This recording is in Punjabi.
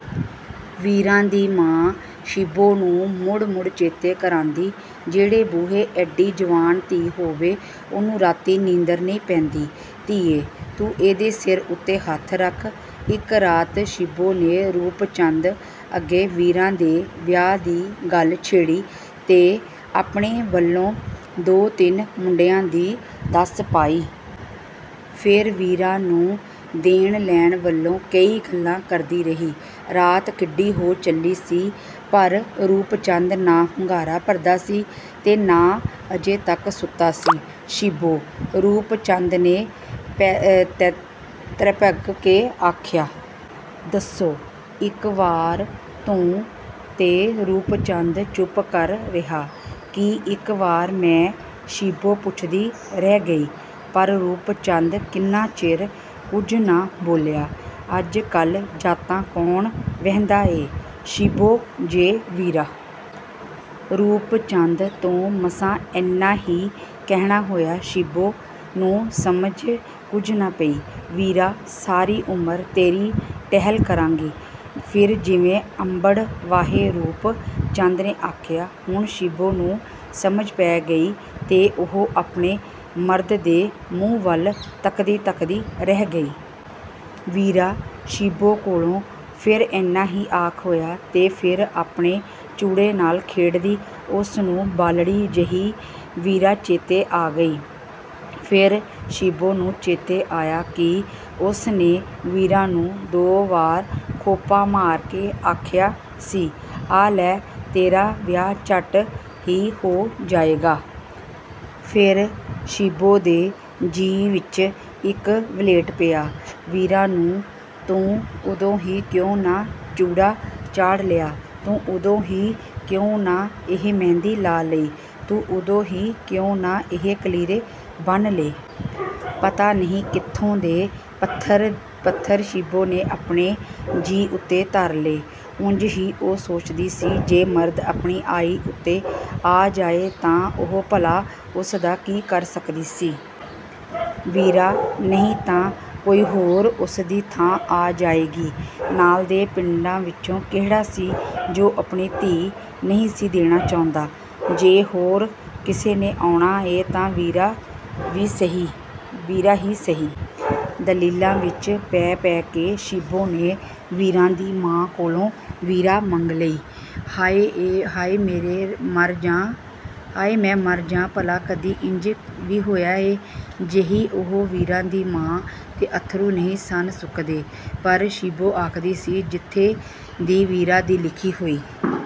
ਵੀਰਾਂ ਦੀ ਮਾਂ ਸ਼ਿੱਬੋ ਨੂੰ ਮੁੜ-ਮੁੜ ਚੇਤੇ ਕਰਾਂਦੀ, “ਜਿਹਦੇ ਬੂਹੇ ਏਡੀ ਜਵਾਨ ਧੀ ਹੋਵੇ, ਉਹਨੂੰ ਰਾਤੀਂ ਨੀਂਦਰ ਨਹੀਂ ਪੈਂਦੀ, ਧੀਏ! ਤੂੰ ਇਹਦੇ ਸਿਰ ਉੱਤੇ ਹੱਥ ਰੱਖ...” ਇੱਕ ਰਾਤ ਸ਼ਿੱਬੋ ਨੇ ਰੂਪ ਚੰਦ ਅੱਗੇ ਵੀਰਾਂ ਦੇ ਵਿਆਹ ਦੀ ਗੱਲ ਛੇੜੀ ਤੇ ਆਪਣੀ ਵੱਲੋਂ ਦੋ-ਤਿੰਨ ਮੁੰਡਿਆਂ ਦੀ ਦੱਸ ਪਾਈ। ਫਿਰ ਵੀਰਾਂ ਨੂੰ ਦੇਣ-ਲੈਣ ਵੱਲੋਂ ਕਈ ਗੱਲਾਂ ਕਰਦੀ ਰਹੀ। ਰਾਤ ਕਿੱਡੀ ਹੋ ਚੱਲੀ ਸੀ, ਪਰ ਰੂਪ ਚੰਦ ਨਾ ਹੁੰਗਾਰਾ ਭਰਦਾ ਸੀ ਤੇ ਨਾ ਅਜੇ ਤੱਕ ਸੁੱਤਾ ਸੀ। “ਸ਼ਿੱਬੋ?” ਰੂਪ ਚੰਦ ਨੇ ਤ੍ਰਭਕ ਕੇ ਆਖਿਆ। “ਦੱਸੋ।” “ਇੱਕ ਵਾਰ ਤੂੰ...” ਤੇ ਰੂਪ ਚੰਦ ਚੁੱਪ ਕਰ ਰਿਹਾ। “ਕੀ ਇੱਕ ਵਾਰ ਮੈਂ...?” ਸ਼ਿੱਬੋ ਪੁੱਛਦੀ ਰਹਿ ਗਈ, ਪਰ ਰੂਪ ਚੰਦ ਕਿੰਨਾ ਚਿਰ ਕੁਝ ਨਾ ਬੋਲਿਆ। “ਅੱਜ-ਕੱਲ੍ਹ ਜਾਤਾਂ ਕੌਣ ਵੇਂਹਦਾ ਏ, ਸ਼ਿੱਬੋ। ਜੇ ਵੀਰਾਂ...” ਰੂਪ ਚੰਦ ਤੋਂ ਮਸਾਂ ਇੰਨਾ ਹੀ ਕਹਿਣ ਹੋਇਆ। ਸ਼ਿੱਬੋ ਨੂੰ ਸਮਝ ਕੁਝ ਨਾ ਪਈ। “ਵੀਰਾਂ ਸਾਰੀ ਉਮਰ ਤੇਰੀ ਟਹਿਲ ਕਰੇਗੀ...” ਫਿਰ ਜਿਵੇਂ ਅੱਬੜ-ਵਾਹੇ ਰੂਪ ਚੰਦ ਨੇ ਆਖਿਆ। ਹੁਣ ਸ਼ਿੱਬੋ ਨੂੰ ਸਮਝ ਪੈ ਗਈ ਤੇ ਉਹ ਆਪਣੇ ਮਰਦ ਦੇ ਮੂੰਹ ਵੱਲ ਤੱਕਦੀ ਦੀ ਤੱਕਦੀ ਰਹਿ ਗਈ। “ਵੀਰਾਂ...” ਸ਼ਿੱਬੋ ਕੋਲੋਂ ਫਿਰ ਇੰਨਾ ਹੀ ਆਖ ਹੋਇਆ ਤੇ ਫਿਰ ਆਪਣੇ ਚੂੜੇ ਨਾਲ ਖੇਡਦੀ ਉਸ ਨੂੰ ਬਾਲੜੀ ਜਿਹੀ ਵੀਰਾਂ ਚੇਤੇ ਆ ਗਈ। ਫਿਰ ਸ਼ਿੱਬੋ ਨੂੰ ਚੇਤੇ ਆਇਆ ਕਿ ਉਸ ਨੇ ਵੀਰਾਂ ਨੂੰ ਦੋ ਵਾਰ ਖੋਪਾ ਮਾਰ ਕੇ ਆਖਿਆ ਸੀ, “ਆਹ ਲੈ, ਤੇਰਾ ਵਿਆਹ ਝੱਟ ਹੀ ਹੋ ਜਾਏਗਾ।” ਫਿਰ ਸ਼ਿੱਬੋ ਦੇ ਜੀਅ ਵਿੱਚ ਇੱਕ ਵਲ੍ਹੇਟ ਪਿਆ। “ਵੀਰਾਂ, ਤੂੰ ਉਦੋਂ ਹੀ ਕਿਉਂ ਨਾ ਚੂੜਾ ਚਾੜ੍ਹ ਲਿਆ... ਤੂੰ ਉਦੋਂ ਹੀ ਕਿਉਂ ਨਾ ਇਹ ਮਹਿੰਦੀ ਲਾ ਲਈ... ਤੂੰ ਉਦੋਂ ਹੀ ਕਿਉਂ ਨਾ ਇਹ ਕਲੀਰੇ ਬੰਨ੍ਹ ਲਏ...” ਪਤਾ ਨਹੀਂ ਕਿੱਥੋਂ ਦੇ ਪੱਥਰ ਸ਼ਿੱਬੋ ਨੇ ਆਪਣੇ ਜੀਅ ਉੱਤੇ ਧਰ ਲਏ। ਉਂਝ ਵੀ ਉਹ ਸੋਚਦੀ ਸੀ, ਜੇ ਮਰਦ ਆਪਣੀ ਆਈ ਉੱਤੇ ਆ ਜਾਏ ਤਾਂ ਉਹ ਭਲਾ ਉਸ ਦਾ ਕੀ ਕਰ ਸਕਦੀ ਸੀ। ਵੀਰਾਂ ਨਹੀਂ ਤਾਂ ਕੋਈ ਹੋਰ ਉਸ ਦੀ ਥਾਂ ਆ ਜਾਏਗੀ। ਨਾਲ ਦੇ ਪਿੰਡਾਂ ਵਿੱਚੋਂ ਕੇਹੜਾ ਸੀ ਜੋ ਆਪਣੀ ਧੀ ਨਹੀਂ ਸੀ ਦੇਣਾ ਚਾਹੁੰਦਾ? “ਜੇ ਹੋਰ ਕਿਸੇ ਨੇ ਆਉਣਾ ਏ ਤਾਂ ਵੀਰਾਂ ਹੀ ਸਹੀ...” ਦਲੀਲਾਂ ਵਿੱਚ ਪੈ-ਪੈ ਕੇ ਸ਼ਿੱਬੋ ਨੇ ਵੀਰਾਂ ਦੀ ਮਾਂ ਕੋਲੋਂ ਵੀਰਾਂ ਮੰਗ ਲਈ। “ਹਾਏ, ਮੈਂ ਮਰ ਜਾਂ... ਭਲਾ ਕਦੀ ਇੰਜ ਵੀ ਹੋਇਆ ਏ... ਜਹੀ ਉਹ...” ਵੀਰਾਂ ਦੀ ਮਾਂ ਦੇ ਅੱਥਰੂ ਨਹੀਂ ਸਨ ਸੁੱਕਦੇ, ਪਰ ਸ਼ਿੱਬੋ ਆਖਦੀ ਸੀ, “ਜਿੱਥੇ ਦੀ ਵੀਰਾਂ ਦੀ ਲਿਖੀ ਹੋਈ...”